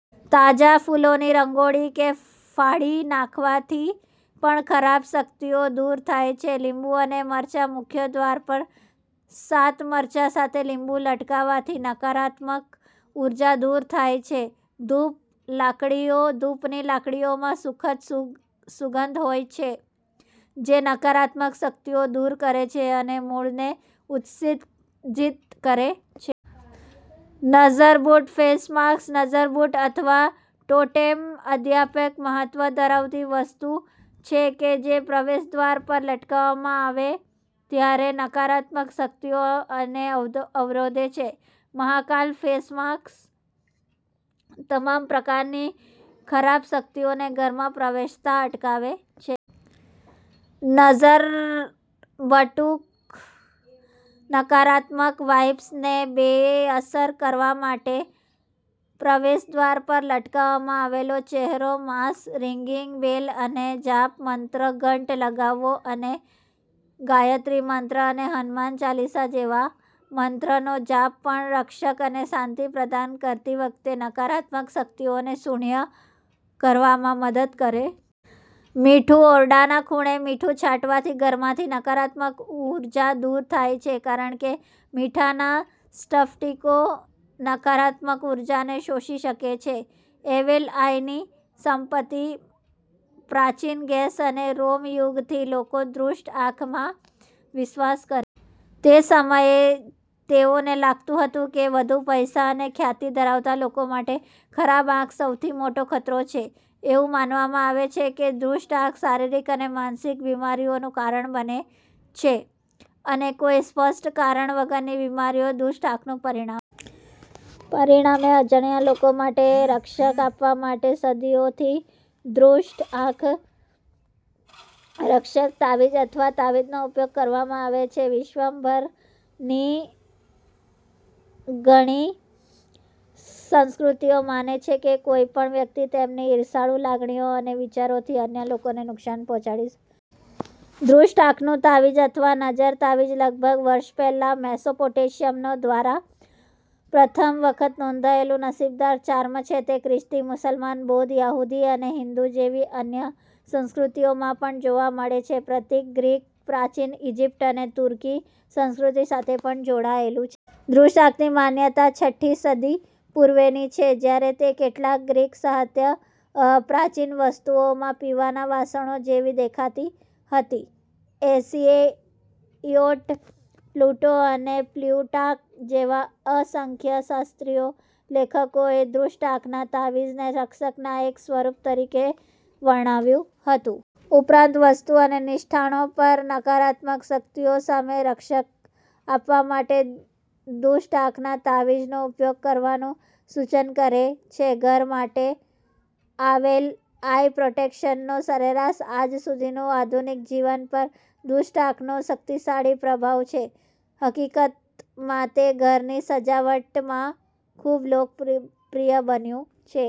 તાજા ફૂલોની રંગોળી કે ફાડી નાખવાથી પણ ખરાબ શક્તિઓ દૂર થાય છે. લીંબુ અને મરચાંઃ મુખ્ય દ્વાર પર સાત મરચાં સાથે લીંબુ લટકાવવાથી નકારાત્મક ઉર્જા દૂર થાય છે. ધૂપ લાકડીઓ: ધૂપની લાકડીઓમાં સુખદ સુગંધ હોય છે જે નકારાત્મક શક્તિઓને દૂર કરે છે અને મૂડને ઉત્તેજિત કરે છે. નઝર બટ્ટુ ફેસ માસ્ક: નઝર બટ્ટુ, અથવા ટોટેમ, આધ્યાત્મિક મહત્વ ધરાવતી વસ્તુ છે જે પ્રવેશદ્વાર પર લટકાવવામાં આવે ત્યારે નકારાત્મક શક્તિઓને અવરોધે છે. "મહાકાલ" ફેસ માસ્ક તમામ પ્રકારની ખરાબ શક્તિઓને ઘરમાં પ્રવેશતા અટકાવે છે. નઝર બટુક નકારાત્મક વાઇબ્સને બેઅસર કરવા માટે પ્રવેશદ્વાર પર લટકાવવામાં આવેલો ચહેરો, માસ્ક રિંગિંગ બેલ્સ અને જાપ મંત્રો, ઘંટ વગાડવો અને ગાયત્રી મંત્ર અને હનુમાન ચાલીસા જેવા મંત્રોનો જાપ પણ રક્ષણ અને શાંતિ પ્રદાન કરતી વખતે નકારાત્મક શક્તિઓને શૂન્ય કરવામાં મદદ કરે છે. મીઠું: ઓરડાના ખૂણે મીઠું છાંટવાથી ઘરમાંથી નકારાત્મક ઉર્જા દૂર થાય છે કારણ કે મીઠાના સ્ફટિકો નકારાત્મક ઊર્જાને શોષી શકે છે. એવિલ આઇની ઉત્પત્તિ: પ્રાચીન ગ્રીસ અને રોમ યુગથી લોકો દુષ્ટ આંખમાં વિશ્વાસ કરે તે સમયે તેઓને લાગતું હતું કે વધુ પૈસા અને ખ્યાતિ ધરાવતા લોકો માટે ખરાબ આંખ સૌથી મોટો ખતરો છે. એવું માનવામાં આવે છે કે દુષ્ટ આંખ શારીરિક અને માનસિક બીમારીઓનું કારણ બને છે અને કોઈ સ્પષ્ટ કારણ વગરની બીમારી દુષ્ટ આંખનું પરિણામ. પરિણામે, અજાણ્યા લોકો માટે રક્ષણ આપવા માટે સદીઓથી દુષ્ટ આંખ રક્ષણ, તાવીજ અથવા તાવીજનો ઉપયોગ કરવામાં આવે છે. વિશ્વભરની ઘણી સંસ્કૃતિઓ માને છે કે કોઈ પણ વ્યક્તિ તેમની ઈર્ષાળુ લાગણીઓ અને વિચારોથી અન્ય લોકોને નુકસાન પહોંચાડી શકે છે. દુષ્ટ આંખનું તાવીજ અથવા નઝર તાવીજ લગભગ વર્ષ પહેલાં મેસોપોટેમિયનો દ્વારા પ્રથમ વખત નોંધાયેલું નસીબદાર ચાર્મ છે. તે ખ્રિસ્તી, મુસ્લિમ, બૌદ્ધ, યહૂદી અને હિંદુ જેવી અન્ય સંસ્કૃતિઓમાં પણ જોવા મળે છે. પ્રતીક ગ્રીક, પ્રાચીન ઇજિપ્ત અને તુર્કી સંસ્કૃતિ સાથે પણ જોડાયેલું છે. દુષ્ટ આંખની માન્યતા ઠ્ઠી સદી પૂર્વેની છે જ્યારે તે કેટલીક ગ્રીક શાસ્ત્રીય પ્રાચીન વસ્તુઓમાં પીવાના વાસણો જેવી દેખાતી હતી. હેસિયોડ, પ્લેટો અને પ્લુટાર્ક જેવા અસંખ્ય શાસ્ત્રીય લેખકોએ દુષ્ટ આંખના તાવીજને રક્ષણના એક સ્વરૂપ તરીકે વર્ણવ્યું હતું. ઉપરાંત, વાસ્તુ અને નિષ્ણાતો પણ નકારાત્મક શક્તિઓ સામે રક્ષણ આપવા માટે દુષ્ટ આંખના તાવીજનો ઉપયોગ કરવાનું સૂચન કરે છે. ઘર માટે એવિલ આઇ પ્રોટેક્શનનો સારાંશ આજ સુધીના આધુનિક જીવન પર દુષ્ટ આંખનો શક્તિશાળી પ્રભાવ છે. હકીકતમાં, તે ઘરની સજાવટમાં ખૂબ લોકપ્રિય બન્યું છે.